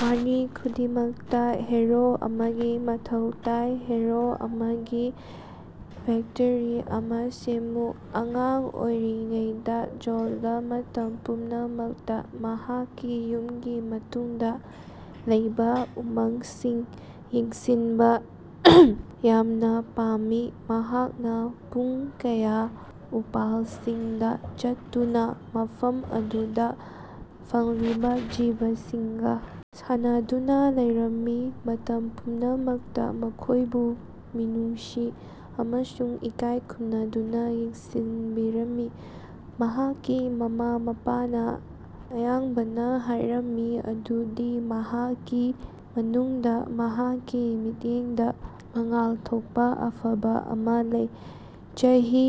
ꯋꯥꯔꯤ ꯈꯨꯗꯤꯡꯃꯛꯇ ꯍꯤꯔꯣ ꯑꯃꯥ ꯃꯊꯧ ꯇꯥꯏ꯫ ꯍꯤꯔꯣ ꯑꯃꯒꯤꯗꯃꯛ ꯕꯦꯛꯁ꯭ꯇꯣꯔꯤ ꯑꯃꯥ ꯁꯦꯝꯃꯨ꯫ ꯑꯉꯥꯡ ꯑꯣꯏꯔꯤꯉꯩꯗꯥ ꯖꯣꯟꯗꯥ ꯃꯇꯝ ꯄꯨꯝꯅꯃꯛꯇ ꯃꯍꯥꯛꯀꯤ ꯌꯨꯝꯒꯤ ꯃꯇꯨꯡꯗ ꯂꯩꯕꯥ ꯎꯃꯪꯁꯤꯡ ꯌꯦꯡꯁꯤꯟꯕ ꯌꯥꯝꯅ ꯄꯥꯝꯃꯤ꯫ ꯃꯍꯥꯛꯅ ꯄꯨꯡ ꯀꯌꯥ ꯎꯄꯥꯜꯁꯤꯡꯗ ꯆꯠꯇꯨꯅ ꯃꯐꯝ ꯑꯗꯨꯗ ꯐꯪꯂꯤꯕ ꯖꯤꯕꯁꯤꯡꯒ ꯁꯥꯟꯅꯗꯨꯅ ꯂꯩꯔꯝꯃꯤ, ꯃꯇꯝ ꯄꯨꯝꯅꯃꯛꯇ ꯃꯈꯣꯏꯕꯨ ꯃꯤꯅꯨꯡꯁꯤ ꯑꯃꯁꯨꯡ ꯏꯀꯥꯏ ꯈꯨꯝꯅꯅꯥ ꯌꯦꯡꯁꯤꯅꯕꯤꯔꯝꯃꯤ꯫ ꯃꯍꯥꯛꯀꯤ ꯃꯃꯥ-ꯃꯄꯥꯅꯥ ꯑꯌꯥꯝꯕꯅꯥ ꯍꯥꯏꯔꯝꯃꯤ ꯃꯗꯨꯗꯤ ꯃꯍꯥꯛꯀꯤ ꯃꯅꯨꯡꯗꯥ ꯃꯍꯥꯛꯀꯤ ꯃꯤꯠꯌꯦꯡꯗꯒꯤ ꯃꯉꯥꯜ ꯊꯣꯛꯄꯥ ꯑꯐꯕꯥ ꯑꯃꯥ ꯂꯩ꯫ ꯆꯍꯤ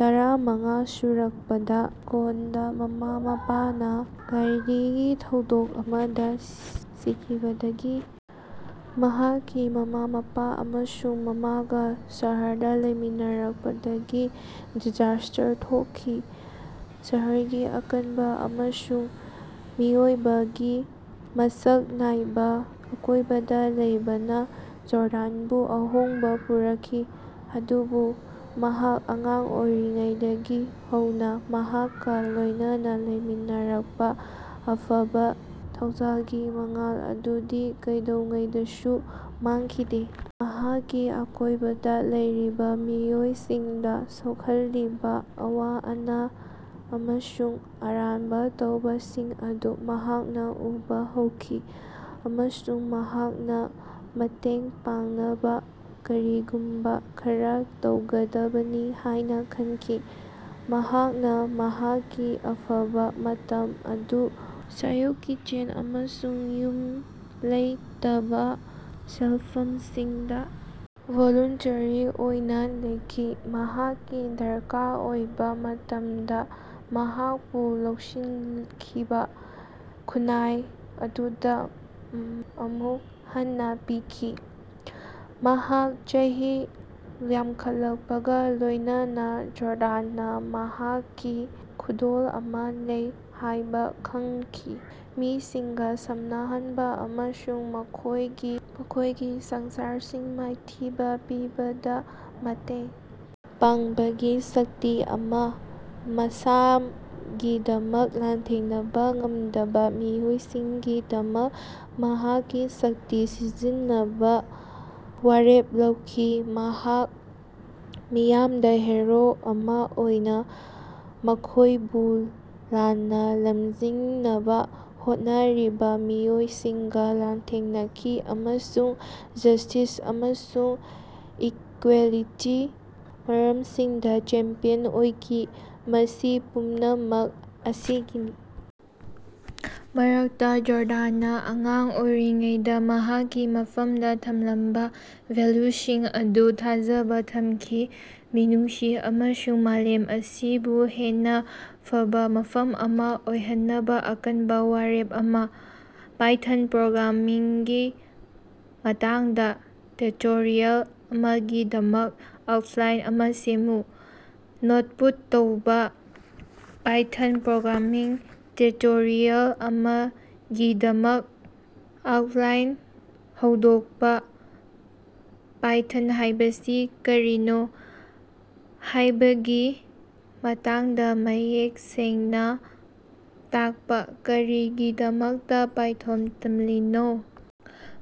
ꯇꯔꯥꯃꯉꯥ ꯁꯨꯔꯛꯄꯗ ꯖꯣꯟꯗꯥ ꯃꯃꯥ-ꯃꯄꯥꯅ ꯒꯥꯗꯤꯒꯤ ꯊꯧꯗꯣꯛ ꯑꯃꯗ ꯁꯤꯈꯤꯕꯗꯒꯤ ꯃꯍꯥꯛꯀꯤ ꯃꯃꯥ-ꯃꯄꯥ ꯑꯃꯁꯨꯡ ꯃꯃꯥꯒꯥ ꯁꯍꯔꯗꯥ ꯂꯩꯃꯤꯟꯅꯔꯛꯄꯗꯒꯤ ꯗꯤꯖꯥꯁ꯭ꯇꯔ ꯊꯣꯛꯈꯤ꯫ ꯁꯍꯔꯒꯤ ꯑꯀꯟꯕꯥ ꯑꯃꯁꯨꯡ ꯃꯤꯑꯣꯏꯕꯒꯤ ꯃꯁꯛ ꯅꯥꯏꯕ ꯑꯀꯣꯏꯕꯗ ꯂꯩꯕꯅꯥ ꯖ‌ꯣꯗꯥꯟꯕꯨ ꯑꯍꯣꯡꯕꯥ ꯄꯨꯔꯛꯈꯤ, ꯑꯗꯨꯕꯨ ꯃꯍꯥꯛ ꯑꯉꯥꯡ ꯑꯣꯏꯔꯤꯉꯩꯗꯒꯤ ꯍꯧꯅꯥ ꯃꯍꯥꯛꯀ ꯂꯣꯏꯅꯅꯥ ꯂꯩꯃꯤꯟꯅꯔꯝꯕꯥ ꯑꯐꯕ ꯊꯧꯖꯥꯜꯒꯤ ꯃꯉꯥꯜ ꯑꯗꯨꯗꯤ ꯀꯩꯗꯧꯉꯩꯗꯁꯨ ꯃꯥꯡꯈꯤꯗꯦ꯫ ꯃꯍꯥꯛꯀꯤ ꯑꯀꯣꯏꯕꯗꯥ ꯂꯩꯔꯤꯕꯥ ꯃꯤꯑꯣꯏꯁꯤꯡꯗ ꯁꯣꯛꯍꯜꯂꯤꯕꯥ ꯑꯋꯥ-ꯑꯅꯥ ꯑꯃꯁꯨꯡ ꯑꯔꯥꯟꯕꯥ ꯇꯧꯕꯁꯤꯡ ꯑꯗꯨ ꯃꯍꯥꯛꯅ ꯎꯕꯥ ꯍꯧꯔꯛꯈꯤ ꯑꯃꯁꯨꯡ ꯃꯍꯥꯛꯅꯥ ꯃꯇꯦꯡ ꯄꯥꯡꯅꯕꯥ ꯀꯔꯤꯒꯨꯝꯕꯥ ꯈꯔꯥ ꯇꯧꯒꯗꯕꯅꯤ ꯍꯥꯏꯕ ꯈꯪꯈꯤ꯫ ꯃꯍꯥꯛꯅ ꯃꯍꯥꯛꯀꯤ ꯑꯐꯕꯥ ꯃꯇꯝ ꯑꯗꯨ ꯁ꯭ꯌꯨꯞ ꯀꯤꯆꯦꯟꯁꯤꯡ ꯑꯃꯁꯨꯡ ꯌꯨꯝ ꯂꯩꯇꯕ ꯁꯦꯜꯐꯝꯁꯤꯡꯗꯥ ꯚꯣꯂꯨꯟꯇꯔꯤ ꯑꯣꯏꯅ ꯂꯦꯟꯈꯤ, ꯃꯍꯥꯛꯀꯤ ꯗꯔꯀꯥꯔ ꯑꯣꯏꯕꯥ ꯃꯇꯝꯗ ꯃꯍꯥꯛꯄꯨ ꯂꯧꯁꯤꯟꯈꯤꯕꯥ ꯈꯨꯟꯅꯥꯏ ꯑꯗꯨꯗ ꯑꯃꯨꯛ ꯍꯟꯅꯥ ꯄꯤꯈꯤ꯫ ꯃꯍꯥꯛ ꯆꯍꯤ ꯌꯥꯝꯈꯠꯂꯛꯄꯒꯥ ꯂꯣꯏꯅꯅꯥ ꯖ‌ꯣꯟꯗꯥꯅ ꯃꯍꯥꯛꯀꯤ ꯈꯨꯗꯣꯜ ꯑꯃꯥ ꯂꯩ ꯍꯥꯏꯕ ꯈꯪꯈꯤ ꯃꯤꯁꯤꯡꯒ ꯁꯝꯅꯍꯟꯕ ꯑꯃꯁꯨꯡ ꯃꯈꯣꯏꯒꯤ ꯁꯃꯁ꯭ꯌꯥꯁꯤꯡ ꯃꯥꯏꯊꯤꯕ ꯄꯤꯕꯗ ꯃꯇꯦꯡ ꯄꯥꯡꯕꯒꯤ ꯁꯛꯇꯤ ꯑꯃꯥ꯫ ꯃꯁꯥꯒꯤꯗꯃꯛ ꯂꯥꯟꯊꯦꯡꯅꯕꯥ ꯉꯝꯗꯕꯥ ꯃꯤꯑꯣꯏꯁꯤꯡꯒꯤꯗꯃꯛ ꯃꯍꯥꯛꯀꯤ ꯁꯛꯇꯤ ꯁꯤꯖꯤꯟꯅꯅꯕ ꯋꯥꯔꯦꯞ ꯂꯧꯈꯤ꯫ ꯃꯍꯥꯛ ꯃꯤꯌꯥꯝꯗ ꯍꯤꯔꯣ ꯑꯃꯥ ꯑꯣꯏꯈꯤ, ꯃꯈꯣꯏꯕꯨ ꯂꯥꯟꯅꯥ ꯂꯝꯖꯤꯡꯅꯕꯥ ꯍꯣꯠꯅꯔꯤꯕꯥ ꯃꯤꯑꯣꯏꯁꯤꯡꯒ ꯂꯥꯟꯊꯦꯡꯅꯈꯤ ꯑꯃꯁꯨꯡ ꯖꯁ꯭ꯇꯤꯁ ꯑꯃꯁꯨꯡ ꯏꯀꯋ‌ꯦꯂꯤꯇꯤꯒꯤ ꯃꯔꯝꯁꯤꯡꯗ ꯆꯦꯝꯄꯤꯌꯟ ꯑꯣꯏꯈꯤ꯫ ꯃꯁꯤ ꯄꯨꯝꯅꯃꯛ ꯑꯁꯤꯒꯤ ꯃꯔꯛꯇ ꯖ‌ꯣꯟꯗꯥꯅꯥ ꯑꯉꯥꯡ ꯑꯣꯏꯔꯤꯉꯩꯗꯥ ꯃꯍꯥꯛꯀꯤ ꯃꯐꯝꯗ ꯊꯝꯂꯝꯕ ꯚꯦꯜꯌꯨꯁꯤꯡ ꯑꯗꯨꯗ ꯊꯥꯖꯕꯥ ꯊꯝꯈꯤ ꯃꯤꯅꯨꯡꯁꯤ ꯑꯃꯁꯨꯡ ꯃꯥꯂꯦꯝ ꯑꯁꯤꯕꯨ ꯍꯦꯟꯅꯥ ꯐꯕꯥ ꯃꯐꯝ ꯑꯃꯥ ꯑꯣꯏꯍꯟꯅꯕꯥ ꯑꯀꯟꯕ ꯋꯥꯔꯦꯞ ꯑꯃꯥ꯫ ꯄꯥꯏꯊꯣꯟ ꯄ꯭ꯔꯣꯒ꯭ꯔꯥꯃꯤꯡꯒꯤ ꯃꯇꯥꯡꯗꯥ ꯇꯤꯎꯇꯣꯔꯤꯌꯥꯜ ꯑꯃꯒꯤꯗꯃꯛ ꯑꯥꯎꯠꯂꯥꯏꯟ ꯑꯃꯥ ꯁꯦꯝꯃꯨ꯫ ꯅꯣꯏꯟꯄꯨꯠ ꯇꯧꯕꯥ꯫ ꯄꯥꯏꯊꯣꯟ ꯄ꯭ꯔꯣꯒ꯭ꯔꯥꯃꯤꯡ ꯇꯤꯎꯇꯣꯔꯤꯌꯥꯜ ꯑꯃꯒꯤꯗꯃꯛ ꯑꯥꯎꯠꯂꯥꯏꯟ ꯍꯧꯗꯣꯛꯄꯥ, ꯄꯥꯏꯊꯣꯟ ꯍꯥꯏꯕꯁꯤ ꯀꯔꯤꯅꯣ ꯍꯥꯏꯕꯒꯤ ꯃꯇꯥꯡꯗ ꯃꯌꯦꯛ ꯁꯦꯡꯅꯥ ꯇꯥꯛꯄꯥ, ꯀꯔꯤꯒꯤꯗꯃꯛꯇꯥ ꯄꯥꯏꯊꯣꯟ ꯇꯝꯂꯤꯕꯅꯣ.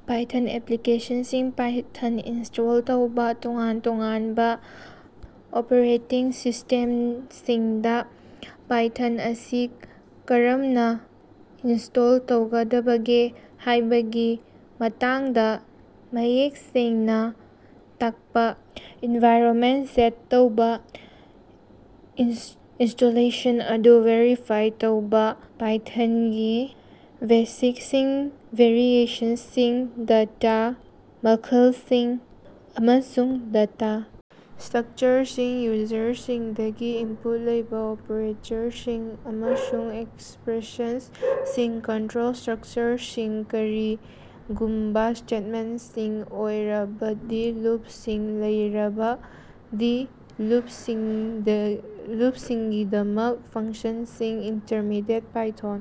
ꯄꯥꯏꯊꯣꯟ ꯑꯦꯄꯂꯤꯀꯦꯁꯟꯁꯤꯡ꯫ ꯄꯥꯏꯊꯣꯟ ꯏꯟꯁ꯭ꯇꯣꯜ ꯇꯧꯕꯥ ꯇꯣꯉꯥꯟ ꯇꯣꯉꯥꯟꯕ ꯑꯣꯄꯔꯦꯇꯤꯡ ꯁꯤꯁ꯭ꯇꯦꯝꯁꯤꯡꯗ ꯄꯥꯏꯊꯣꯟ ꯑꯁꯤ ꯀꯔꯝꯅ ꯏꯟꯁ꯭ꯇꯣꯜ ꯇꯧꯒꯗꯒꯦ ꯍꯥꯏꯕꯒꯤ ꯃꯇꯥꯡꯗꯥ ꯃꯌꯦꯛ ꯁꯦꯡꯅ ꯇꯥꯛꯄꯥ. ꯑꯦꯟꯚꯥꯏꯔꯅꯃꯦꯟꯇ ꯁꯦꯠ ꯇꯧꯕꯥ, ꯏꯟꯁ꯭ꯇꯣꯂꯦꯁꯟ ꯑꯗꯨ ꯚꯦꯔꯤꯐꯥꯏ ꯇꯧꯕꯥ, ꯄꯥꯏꯊꯣꯟꯒꯤ ꯕꯦꯁꯤꯛꯁꯤꯡ, ꯚꯦꯔꯤꯑꯦꯕꯜꯁꯤꯡ, ꯗꯦꯇꯥ ꯃꯈꯜꯁꯤꯡ, ꯑꯃꯁꯨꯡ ꯗꯦꯇꯥ ꯁ꯭ꯇꯔꯛꯆꯔꯁꯤꯡ, ꯌꯨꯖꯔꯁꯤꯡꯗꯒꯤ ꯏꯟꯄꯨꯠ ꯂꯧꯕꯥ, ꯑꯣꯄꯔꯦꯇꯔꯁꯤꯡ ꯑꯃꯁꯨꯡ ꯑꯦꯛꯁꯄꯔꯦꯁꯟꯁꯤꯡ, ꯀꯟꯇꯔꯣꯜ ꯁ꯭ꯇꯔꯛꯆꯔꯁꯤꯡ ꯀꯔꯤꯒꯨꯝꯕ ꯁ꯭ꯇꯦꯠꯃꯦꯟꯠꯁꯤꯡ ꯑꯣꯏꯔꯕꯗꯤ, ꯂꯨꯞꯁꯤꯡ ꯂꯩꯔꯕꯗꯤ, ꯂꯨꯞꯁꯤꯡꯒꯤꯗꯃꯛꯇ, ꯐꯪꯁꯟꯁꯤꯡ, ꯏꯟꯇꯔꯃꯤꯗꯤꯌꯦꯠ ꯄꯥꯏꯊꯣꯟ꯫